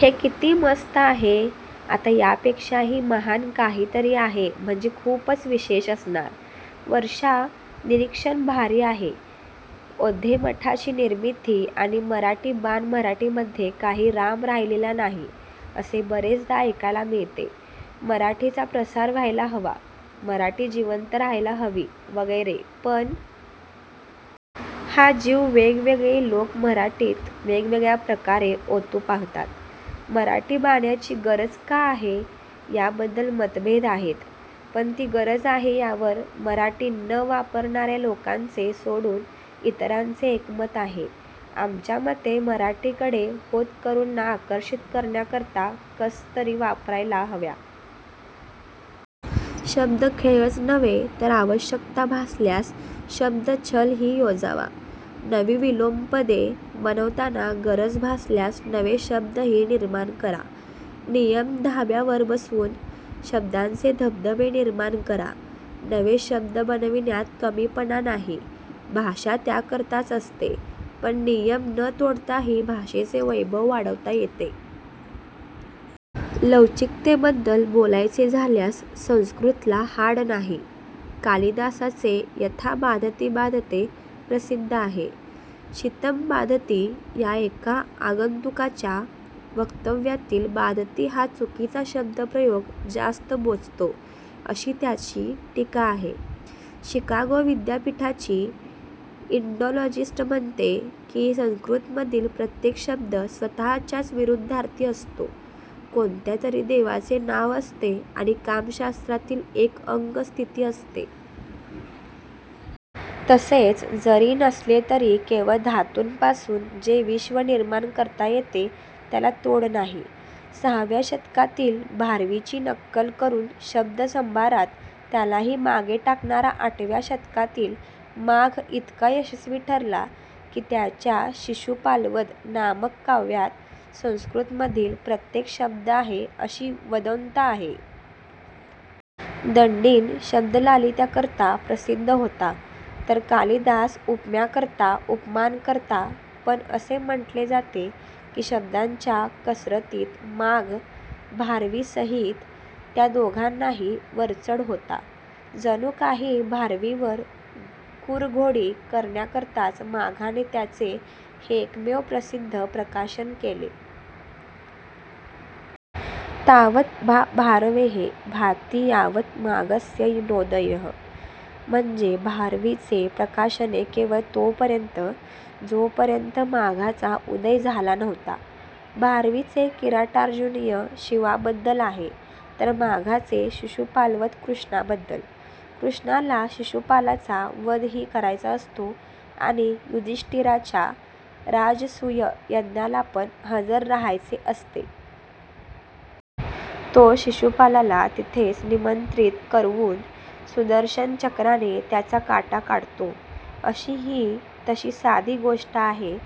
हे किती मस्त आहे. आता यापेक्षाही महान काहीतरी आहे म्हणजे खुपच विशेष असणार. वर्षा, निरिक्षण भारी आहे _/\_ ओध्येमठाची निर्मिती आणि मराठी बाण'मराठीमध्ये काही राम राहिलेला नाही' असे बरेचदा ऐकायला मिळते. मराठीचा प्रसार व्हायला हवा, मराठी जिवंत रहायला हवी वगैरे पण. हा जीव वेगवेगळे लोक मराठीत वेगवेगळ्या प्रकारे ओतू पाहतात. मराठी बाण्याची गरज का आहे, याबद्दल मतभेद आहेत. पण ती गरज आहे यावर मराठी न वापरणार्या लोकांचे सोडून इतरांचे एकमत आहे. आमच्या मते, मराठीकडे होतकरूंना आकर्षित करण्याकरता कसरती वापरायला हव्या. शब्दखेळच नव्हे तर आवश्यकता भासल्यास शब्दच्छलही योजावा. नवी विलोमपदे बनवतांना गरज भासल्यास नवे शब्दही निर्माण करा. नियम धाब्यावर बसवून शब्दांचे धबधबे निर्माण करा. नवे शब्द बनविण्यात कमीपणा नाही. भाषा त्याकरताच असते. पण नियम न तोडताही भाषेचे वैभव वाढवता येते. लवचिकतेबद्दल बोलायचे झाल्यास संस्कृतला हाड नाही. कालीदासाचे 'यथा बाधती बाधते' प्रसिद्ध आहे. 'शितं बाधती' या एका आगंतुकाच्या वक्तव्यातील 'बाधती' हा चुकीचा शब्दप्रयोग जास्त बोचतो अशी त्याची टिका आहे. शिकागो विद्यापिठाची इंडॉलॉजिस्ट म्हणते की संस्कृतमधील प्रत्येक शब्द स्वत:च्याच विरुद्धार्थी असतो, कोणत्यातरी देवाचे नाव असते आणि कामशास्त्रातील एक अंगस्थीती असते. तसेच जरी नसले तरी केवळ धातुंपासुन जे विश्व निर्माण करता येते त्याला तोड नाही. सहाव्या शतकातील भारवीची नक्कल करुन शब्दसंभारात त्यालाही मागे टाकणारा आठव्या शतकातील माघ इतका यशस्वी ठरला की त्याच्या 'शिशुपालवध' नामक काव्यात संस्कृतमधील प्रत्येक शब्द आहे अशी वदंता आहे. दण्डिन शब्दलालित्याकरता प्रसिद्ध होता, तर कालिदास उपम्याकरता, उपमांकरता.. पण असे म्हंटले जाते की शब्दांच्या कसरतीत माघ भारवीसहीत त्या दोघांनाही वरचढ होता. जणू काही भारवीवर कुरघोडी करण्याकरताच माघाने त्याचे हे एकमेव प्रसिद्ध प्रकाशन केले. 'तावत भा भारवे: भाति यावत माघस्य नोदय:। ' म्हणजे 'भारवीचे प्रकाशणे केवळ तोपर्यंत जोपर्यंत माघाचा उदय झाला नव्हता'. भारवीचे 'किराटार्जुनीय' शिवाबद्दल आहे तर माघाचे 'शिशुपालवध' कृष्णाबद्दल. कृष्णाला शिशुपालाचा वधही करायचा असतो आणि युधिष्ठिराच्या राजसूय यज्ञालापण हजर रहायचे असते. तो शिशुपालाला तिथेच निमंत्रित करवून सुदर्शन चक्राने त्याचा काटा काढतो, अशी ही तशी साधी गोष्ट आहे.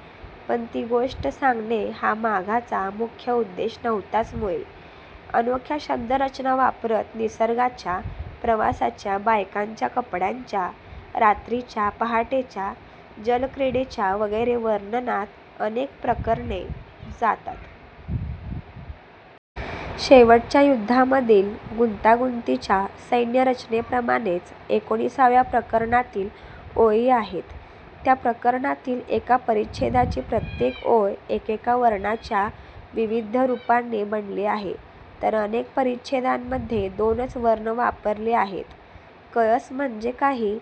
पण ती गोष्ट सांगणे हा माघाचा मुख्य उद्देश नव्हताच मुळी. अनोख्या शब्दरचना वापरत निसर्गाच्या, प्रवासाच्या, बायकांच्या कपड्यांच्या, रात्रीच्या, पहाटेच्या, जलक्रीडेच्या वगैरे वर्णनात अनेक प्रकरणे जातात. शेवटच्या युद्धामधील गुंतागुंतीच्या सैन्यरचनेप्रमाणेच एकोणिसाव्या प्रकरणातील ओळी आहेत. त्या प्रकरणातील एका परिच्छेदाची प्रत्येक ओळ एकेका वर्णाच्या विविध रुपांनी बनली आहे, तर अनेक परिच्छेदांमधे दोनच वर्ण वापरले आहेत. कळस म्हणजे काही